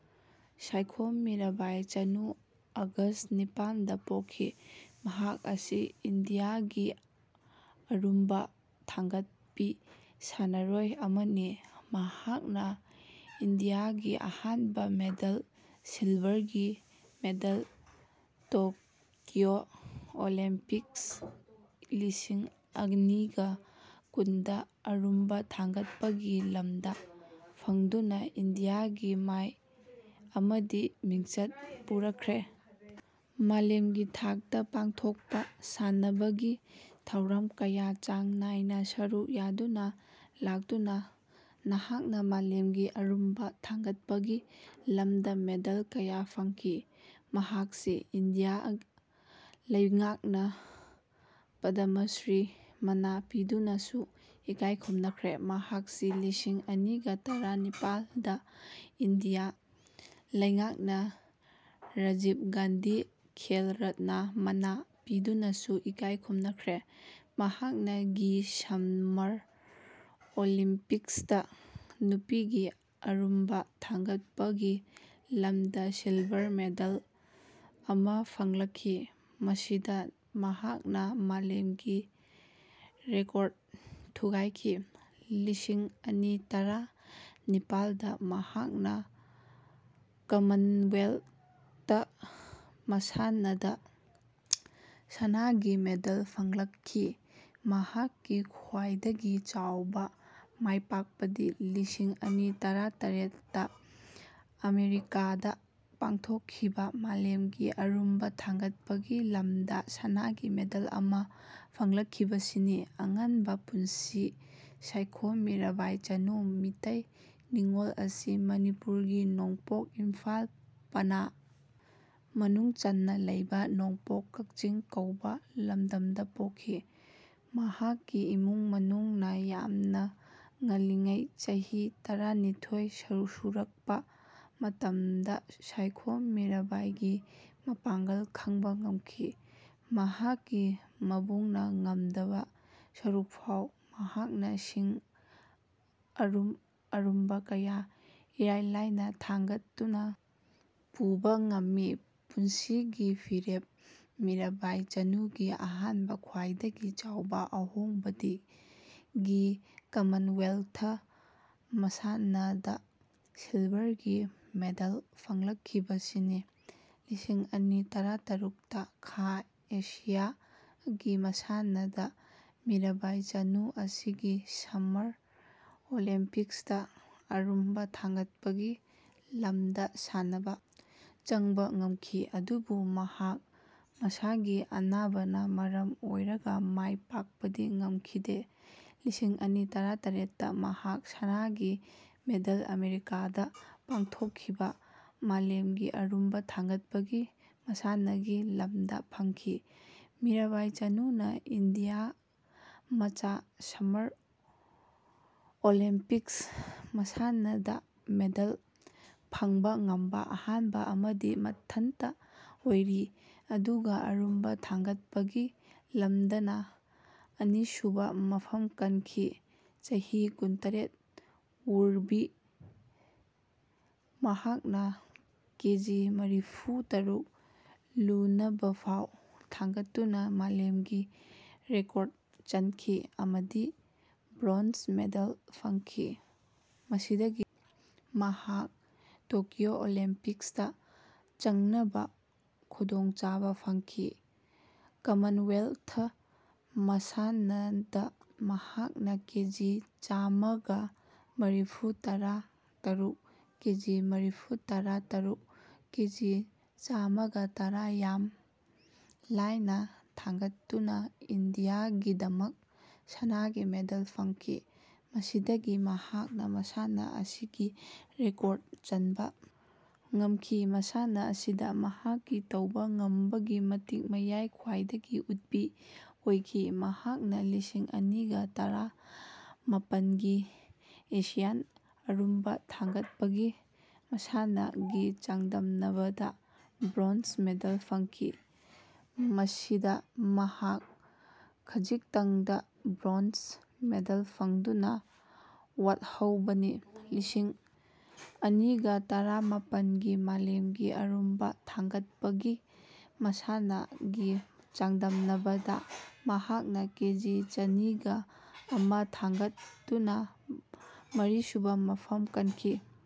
ꯁꯥꯏꯈꯣꯝ ꯃꯤꯔꯥꯕꯥꯏ ꯆꯅꯨ ꯑꯒꯁ ꯅꯤꯄꯥꯟꯗ ꯄꯣꯛꯈꯤ꯫ ꯃꯍꯥꯛ ꯑꯁꯤ ꯏꯟꯗꯤꯌꯥꯒꯤ ꯑꯔꯨꯝꯕ ꯊꯥꯡꯒꯠꯄꯤ ꯁꯥꯟꯅꯔꯣꯏ ꯑꯃꯅꯤ꯫ ꯃꯍꯥꯛꯅ ꯏꯟꯗꯤꯌꯥꯒꯤ ꯑꯍꯥꯟꯕ ꯃꯦꯗꯜ, ꯁꯤꯜꯚꯔꯒꯤ ꯃꯦꯗꯜ ꯇꯣꯀ꯭ꯌꯣ ꯑꯣꯂꯤꯝꯄꯤꯛꯁ ꯂꯤꯁꯤꯡ ꯑꯅꯤꯒ ꯀꯨꯟꯗ ꯑꯔꯨꯝꯕ ꯊꯥꯡꯒꯠꯄꯒꯤ ꯂꯝꯗ ꯐꯪꯗꯨꯅ ꯏꯟꯗꯤꯌꯥꯒꯤ ꯃꯥꯢ ꯑꯃꯗꯤ ꯃꯤꯡꯆꯠ ꯄꯨꯔꯛꯈ꯭ꯔꯦ꯫ ꯃꯥꯂꯦꯝꯒꯤ ꯊꯥꯛꯇ ꯄꯥꯡꯊꯣꯛꯄ ꯁꯥꯟꯅꯕꯒꯤ ꯊꯧꯔꯝ ꯀꯌꯥ ꯆꯥꯡ ꯅꯥꯢꯅ ꯁꯔꯨꯛ ꯌꯥꯗꯨꯅ ꯂꯥꯛꯇꯨꯅ ꯃꯍꯥꯛꯅ ꯃꯥꯂꯦꯝꯒꯤ ꯑꯔꯨꯝꯕ ꯊꯥꯡꯒꯠꯄꯒꯤ ꯂꯝꯗ ꯃꯦꯗꯜ ꯀꯌꯥ ꯐꯪꯈꯤ꯫ ꯃꯍꯥꯛꯁꯤ ꯏꯟꯗꯤꯌꯥ ꯂꯩꯉꯥꯛꯅ ꯄꯗꯃꯁ꯭ꯔꯤ ꯃꯅꯥ ꯄꯤꯗꯨꯅꯁꯨ ꯏꯀꯥꯢ ꯈꯨꯝꯅꯈ꯭ꯔꯦ꯫ ꯃꯍꯥꯛꯁꯤ ꯂꯤꯁꯤꯡ ꯑꯅꯤꯒ ꯇꯔꯥ ꯅꯤꯄꯥꯜꯗ ꯏꯟꯗꯤꯌꯥ ꯂꯩꯉꯥꯛꯅ ꯔꯥꯖꯤꯚ ꯒꯥꯟꯙꯤ ꯈꯦꯜ ꯔꯠꯅ ꯃꯅꯥ ꯄꯤꯗꯨꯅꯁꯨ ꯏꯀꯥꯢ ꯈꯨꯝꯅꯈ꯭ꯔꯦ꯫ ꯃꯍꯥꯛꯅ ꯒꯤ ꯁꯝꯃꯔ ꯑꯣꯂꯤꯝꯄꯤꯛꯁꯇ ꯅꯨꯄꯤꯒꯤ ꯑꯔꯨꯝꯕ ꯊꯥꯡꯒꯠꯄꯒꯤ ꯂꯝꯗ ꯁꯤꯜꯚꯔ ꯃꯦꯗꯜ ꯑꯃ ꯐꯪꯂꯛꯈꯤ꯫ ꯃꯁꯤꯗ ꯃꯍꯥꯛꯅ ꯃꯥꯂꯦꯝꯒꯤ ꯔꯦꯀꯣꯔꯗ ꯊꯨꯒꯥꯢꯈꯤ꯫ ꯂꯤꯁꯤꯡ ꯑꯅꯤ ꯇꯔꯥ ꯅꯤꯄꯥꯥꯜꯗ ꯃꯍꯥꯛꯅ ꯀꯃꯟꯋꯦꯜꯊ ꯃꯁꯥꯟꯅꯗ ꯁꯅꯥꯒꯤ ꯃꯦꯗꯜ ꯐꯪꯂꯛꯈꯤ꯫ ꯃꯍꯥꯛꯀꯤ ꯈ꯭ꯋꯥꯢꯗꯒꯤ ꯆꯥꯎꯕ ꯃꯥꯢꯄꯥꯛꯄꯗꯤ ꯂꯤꯁꯤꯡ ꯑꯅꯤ ꯇꯔꯥ ꯇꯔꯦꯠꯇ ꯑꯃꯦꯔꯤꯀꯥꯗ ꯄꯥꯡꯊꯣꯛꯈꯤꯕ ꯃꯥꯂꯦꯝꯒꯤ ꯑꯔꯨꯝꯕ ꯊꯥꯡꯒꯠꯄꯒꯤ ꯂꯝꯗ ꯁꯅꯥꯒꯤ ꯃꯦꯗꯜ ꯑꯃ ꯐꯪꯂꯛꯈꯤꯕꯁꯤꯅꯤ꯫ ꯑꯉꯟꯕ ꯄꯨꯟꯁꯤ ꯁꯥꯏꯈꯣꯝ ꯃꯤꯔꯥꯕꯥꯏ ꯆꯅꯨ, ꯃꯤꯇꯩ ꯅꯤꯡꯉꯣꯜ ꯑꯁꯤ ꯃꯅꯤꯄꯨꯔꯒꯤ ꯅꯣꯡꯄꯣꯛ ꯏꯝꯐꯥꯜ ꯄꯅꯥ ꯃꯅꯨꯡꯆꯟꯅ ꯂꯩꯕ ꯅꯣꯡꯄꯣꯛ ꯀꯛꯆꯤꯡ ꯀꯧꯕ ꯂꯝꯗꯝꯗ ꯄꯣꯛꯈꯤ꯫ ꯃꯍꯥꯛꯀꯤ ꯏꯃꯨꯡ ꯃꯅꯨꯡꯅ ꯌꯥꯝꯅ ꯉꯟꯂꯤꯉꯩ ꯆꯩꯍꯤ ꯇꯔꯥꯅꯤꯊꯣꯏ ꯁꯨꯔꯛꯄ ꯃꯇꯝꯗ ꯁꯥꯏꯈꯣꯝ ꯃꯤꯔꯩꯕꯥꯏꯒꯤ ꯃꯄꯥꯡꯒꯜ ꯈꯪꯕ ꯉꯝꯈꯤ꯫ ꯃꯍꯥꯛꯀꯤ ꯃꯕꯨꯡꯅ ꯉꯝꯗꯕ ꯁꯔꯨꯛꯐꯥꯎ ꯃꯍꯥꯛꯅ ꯁꯤꯡ ꯑꯔꯨꯝ ꯑꯔꯨꯝꯕ ꯀꯌꯥ ꯏꯔꯥꯏ ꯂꯥꯏꯅ ꯊꯥꯡꯒꯠꯇꯨꯅ ꯄꯨꯕ ꯉꯝꯃꯤ꯫ ꯄꯨꯟꯁꯤꯒꯤ ꯐꯤꯔꯦꯞ ꯃꯤꯔꯥꯢꯕꯥꯢ ꯆꯅꯨꯒꯤ ꯑꯍꯥꯟꯕ ꯈ꯭ꯋꯥꯢꯗꯒꯤ ꯆꯥꯎꯕ ꯑꯍꯣꯡꯕꯗꯤ ꯒꯤ ꯀꯃꯟꯋꯦꯜꯊ ꯃꯁꯥꯟꯅꯗ ꯁꯤꯜꯚꯔꯒꯤ ꯃꯦꯗꯜ ꯐꯪꯂꯛꯈꯤꯕꯁꯤꯅꯤ꯫ ꯂꯤꯁꯤꯡ ꯑꯅꯤ ꯇꯔꯥꯇꯔꯨꯛꯇ ꯈꯥ ꯑꯦꯁꯤꯌꯥ ꯒꯤ ꯃꯁꯥꯟꯅꯗ ꯃꯤꯔꯥꯢꯕꯥꯢ ꯆꯅꯨ ꯑꯁꯤ ꯒꯤ ꯁꯝꯃꯔ ꯑꯣꯂꯤꯝꯄꯤꯛꯁꯇ ꯑꯔꯨꯝꯕ ꯊꯥꯡꯒꯠꯄꯒꯤ ꯂꯝꯗ ꯁꯥꯅꯕ ꯆꯪꯕ ꯉꯝꯈꯤ꯫ ꯑꯗꯨꯕꯨ ꯃꯍꯥꯛ ꯃꯁꯥꯒꯤ ꯑꯅꯥꯕꯅ ꯃꯔꯝ ꯑꯣꯢꯔꯒ ꯃꯥꯢ ꯄꯥꯛꯄꯗꯤ ꯉꯝꯈꯤꯗꯦ꯫ ꯂꯤꯁꯤꯡ ꯑꯅꯤ ꯇꯔꯥꯇꯔꯦꯠꯇ ꯃꯍꯥꯛ ꯁꯅꯥꯒꯤ ꯃꯦꯗꯜ ꯑꯃꯦꯔꯤꯀꯥꯗ ꯄꯥꯡꯊꯣꯛꯈꯤꯕ ꯃꯥꯂꯦꯝꯒꯤ ꯑꯔꯨꯝꯕ ꯊꯥꯡꯒꯠꯄꯒꯤ ꯃꯁꯥꯟꯅꯒꯤ ꯂꯝꯗ ꯐꯪꯈꯤ꯫ ꯃꯤꯔꯥꯕꯥꯢ ꯆꯅꯨꯅ ꯏꯟꯗꯤꯌꯥ ꯃꯆꯥ ꯁꯝꯃꯔ ꯑꯣꯂꯤꯝꯄꯤꯛꯁ ꯃꯁꯥꯟꯅꯗ ꯃꯦꯗꯜ ꯐꯪꯕ ꯉꯝꯕ ꯑꯍꯥꯟꯕ ꯑꯃꯗꯤ ꯃꯊꯟꯇ ꯑꯣꯢꯔꯤ꯫ ꯑꯗꯨꯒ ꯑꯔꯨꯝꯕ ꯊꯥꯡꯒꯠꯄꯒꯤ ꯂꯝꯗꯅ ꯑꯅꯤꯁꯨꯕ ꯃꯐꯝ ꯀꯟꯈꯤ꯫ ꯆꯍꯤ ꯀꯨꯟ - ꯇꯔꯦꯠ ꯋꯨꯔꯕꯤ ꯃꯍꯥꯛꯅ ꯀꯦꯖꯤ ꯃꯔꯤꯐꯨ - ꯇꯔꯨꯛ ꯂꯨꯅꯕꯐꯥꯎ ꯊꯥꯡꯒꯠꯇꯨꯅ ꯃꯥꯂꯦꯝꯒꯤ ꯔꯦꯀꯣꯔꯗ ꯆꯟꯈꯤ ꯑꯃꯗꯤ ꯕ꯭ꯔꯣꯟꯖ ꯃꯦꯗꯜ ꯐꯪꯈꯤ꯫ ꯃꯁꯤꯗꯒꯤ ꯃꯍꯥꯛ ꯇꯣꯀ꯭ꯌꯣ ꯑꯣꯂꯤꯝꯄꯤꯛꯁꯇ ꯆꯪꯅꯕ ꯈꯨꯗꯣꯡꯆꯥꯕ ꯐꯪꯈꯤ꯫ ꯀꯃꯟꯋꯦꯜꯊ ꯃꯁꯥꯟꯅꯗ ꯃꯍꯥꯛꯅ ꯀꯦꯖꯤ ꯆꯥꯃꯒ ꯃꯔꯤꯐꯨꯇꯔꯥ ꯇꯔꯨꯛ, ꯀꯦꯖꯤ ꯃꯔꯤꯐꯨꯇꯔꯥ ꯇꯔꯨꯛ, ꯀꯦꯖꯤ ꯆꯥꯃꯒ ꯇꯔꯥ ꯌꯥꯝ ꯂꯥꯢꯅ ꯊꯥꯡꯒꯠꯇꯨꯅ ꯏꯟꯗꯤꯌꯥꯒꯤꯗꯃꯛ ꯁꯅꯥꯒꯤ ꯃꯦꯗꯜ ꯐꯪꯈꯤ꯫ ꯃꯁꯤꯗꯒꯤ ꯃꯍꯥꯛꯅ ꯃꯁꯥꯟꯅ ꯑꯁꯤꯒꯤ ꯔꯦꯀꯣꯔꯗ ꯆꯟꯕ ꯉꯝꯈꯤ꯫ ꯃꯁꯥꯟꯅ ꯑꯁꯤꯗ ꯃꯍꯥꯛꯀꯤ ꯇꯧꯕ ꯉꯝꯕꯒꯤ ꯃꯇꯤꯛ ꯃꯌꯥꯢ ꯈ꯭ꯋꯥꯢꯗꯒꯤ ꯎꯠꯄꯤ ꯑꯣꯢꯈꯤ꯫ ꯃꯍꯥꯛꯅ ꯂꯤꯁꯤꯡ ꯑꯅꯤꯒ ꯇꯔꯥ ꯃꯥꯄꯟꯒꯤ ꯑꯦꯁꯤꯌꯥꯟ ꯑꯔꯨꯝꯕ ꯊꯥꯡꯒꯠꯄꯒꯤ ꯃꯁꯥꯟꯅ ꯒꯤ ꯆꯥꯡꯗꯝꯅꯕꯗ ꯕ꯭ꯔꯣꯟꯖ ꯃꯦꯗꯜ ꯐꯪꯈꯤ꯫ ꯃꯁꯤꯗ ꯃꯍꯥꯛ ꯈꯖꯤꯛꯇꯪꯗ ꯕ꯭ꯔꯣꯟꯖ ꯃꯦꯗꯜ ꯐꯪꯗꯨꯅ ꯋꯥꯠꯍꯧꯕꯅꯤ꯫ ꯂꯤꯁꯤꯡ ꯑꯅꯤꯒ ꯇꯔꯥꯃꯥꯄꯟ ꯒꯤ ꯃꯥꯂꯦꯝꯒꯤ ꯑꯔꯨꯝꯕ ꯊꯥꯡꯒꯠꯄꯒꯤ ꯃꯁꯥꯟꯅ ꯒꯤ ꯆꯥꯡꯗꯝꯅꯕꯗ ꯃꯍꯥꯛꯅ ꯀꯦꯖꯤ ꯆꯅꯤꯒ ꯑꯃ ꯊꯥꯡꯒꯠꯇꯨꯅ ꯃꯔꯤꯁꯨꯕ ꯃꯐꯝ ꯀꯟꯈꯤ꯫